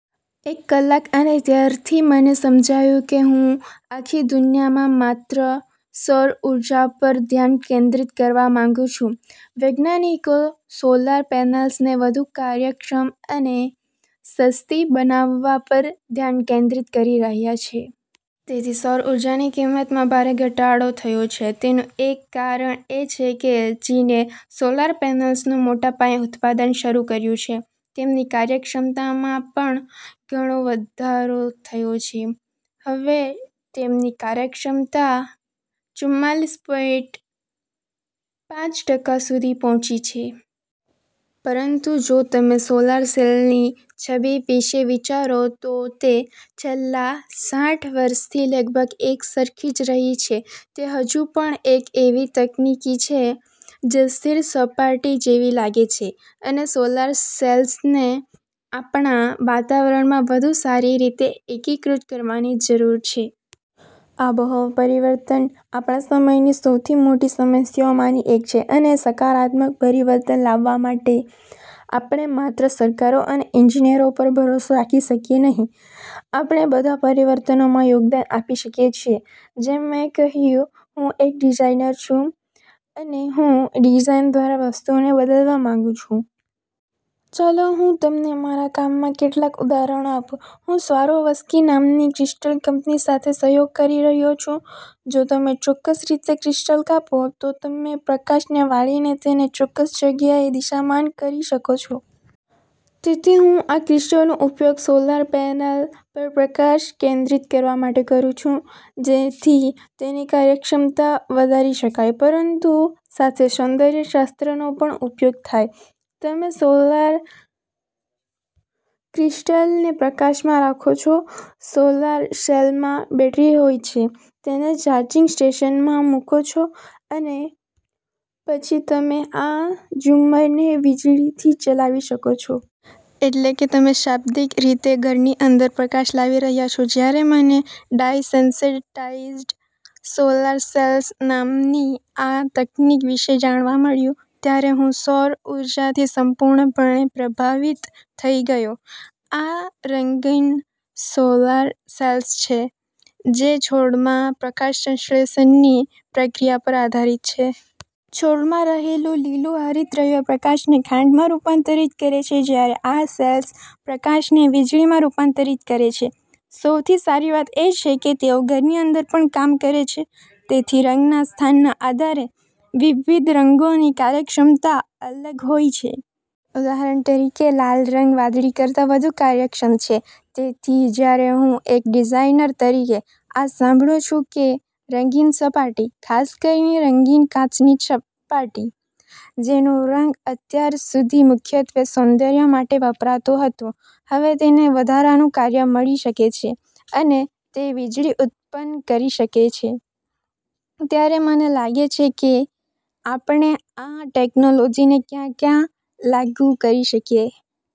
એક કલાક. અને ત્યારથી મને સમજાયું કે હું આખી દુનિયામાં માત્ર સૌર ઊર્જા પર ધ્યાન કેન્દ્રિત કરવા માંગુ છું. વૈજ્ઞાનિકો સોલાર પેનલ્સને વધુ કાર્યક્ષમ અને સસ્તી બનાવવા પર ધ્યાન કેન્દ્રિત કરી રહ્યા છે. તેથી સૌર ઊર્જાની કિંમતમાં ભારે ઘટાડો થયો છે. તેનું એક કારણ એ છે કે ચીને સોલાર પેનલ્સનું મોટા પાયે ઉત્પાદન શરૂ કર્યું છે. તેમની કાર્યક્ષમતામાં પણ ઘણો વધારો થયો છે. હવે તેમની કાર્યક્ષમતા ચુમ્માલીસ પોઇન્ટ પાંચ ટકા સુધી પહોંચી છે. પરંતુ જો તમે સોલાર સેલની છબી વિશે વિચારો, તો તે છેલ્લા સાઠ વર્ષથી લગભગ એકસરખી જ રહી છે. તે હજુ પણ એક એવી તકનીક છે, જે એક સ્થિર સપાટી જેવી લાગે છે. અને સોલાર સેલ્સને આપણા વાતાવરણમાં વધુ સારી રીતે એકીકૃત કરવાની જરૂર છે. આબોહવા પરિવર્તન આપણા સમયની સૌથી મોટી સમસ્યાઓમાંની એક છે. અને સકારાત્મક પરિવર્તન લાવવા માટે આપણે માત્ર સરકારો અને ઇજનેરો પર ભરોસો રાખી શકીએ નહીં. આપણે બધા પરિવર્તનમાં યોગદાન આપી શકીએ છીએ. જેમ મેં કહ્યું, હું એક ડિઝાઇનર છું અને હું ડિઝાઇન દ્વારા વસ્તુઓ બદલવા માંગું છું. ચાલો, હું તમને મારા કામનાં કેટલાક ઉદાહરણો આપું. હું સ્વારોવસ્કી નામની ક્રિસ્ટલ કંપની સાથે સહયોગ કરી રહ્યો છું. જો તમે ચોક્કસ રીતે ક્રિસ્ટલ કાપો, તો તમે પ્રકાશને વાળીને તેને ચોક્કસ જગ્યાએ દિશામાન કરી શકો છો. તેથી હું આ ક્રિસ્ટલ્સનો ઉપયોગ સોલાર પેનલ પર પ્રકાશ કેન્દ્રિત કરવા માટે કરું છું, જેથી તેની કાર્યક્ષમતા વધારી શકાય, પરંતુ સાથે સૌંદર્યશાસ્ત્રનો પણ ઉપયોગ થાય. તમે સોલાર ક્રિસ્ટલને પ્રકાશમાં રાખો છો, સોલાર સેલમાં બેટરી હોય છે, તેને ચાર્જિંગ સ્ટેશનમાં મૂકો છો અને પછી તમે આ ઝુમ્મરને વીજળીથી ચલાવી શકો છો. એટલે કે, તમે શાબ્દિક રીતે ઘરની અંદર પ્રકાશ લાવી રહ્યા છો. જ્યારે મને ડાઇ-સેન્સિટાઇઝ્ડ સોલાર સેલ્સ નામની આ તકનીક વિશે જાણવા મળ્યું, ત્યારે હું સૌર ઊર્જાથી સંપૂર્ણપણે પ્રભાવિત થઈ ગયો. આ રંગીન સોલાર સેલ્સ છે, જે છોડમાં પ્રકાશસંશ્લેષણની પ્રક્રિયા પર આધારિત છે. છોડમાં રહેલું લીલું હરિતદ્રવ્ય પ્રકાશને ખાંડમાં રૂપાંતરિત કરે છે, જ્યારે આ સેલ્સ પ્રકાશને વીજળીમાં રૂપાંતરિત કરે છે. સૌથી સારી વાત એ છે કે તેઓ ઘરની અંદર પણ કામ કરે છે. તેથી, રંગના સ્થાનના આધારે વિવિધ રંગોની કાર્યક્ષમતા અલગ હોય છે. ઉદાહરણ તરીકે, લાલ રંગ વાદળી કરતાં વધુ કાર્યક્ષમ છે. તેથી જ્યારે હું, એક ડિઝાઇનર તરીકે, આ સાંભળું છું કે રંગીન સપાટી, ખાસ કરીને રંગીન કાચની સપાટી, જેનો રંગ અત્યાર સુધી મુખ્યત્વે સૌંદર્ય માટે વપરાતો હતો, હવે તેને વધારાનું કાર્ય મળી શકે છે અને તે વીજળી ઉત્પન્ન કરી શકે છે, ત્યારે મને લાગે છે કે આપણે આ ટેક્નોલોજીને ક્યાં ક્યાં લાગુ કરી શકીએ...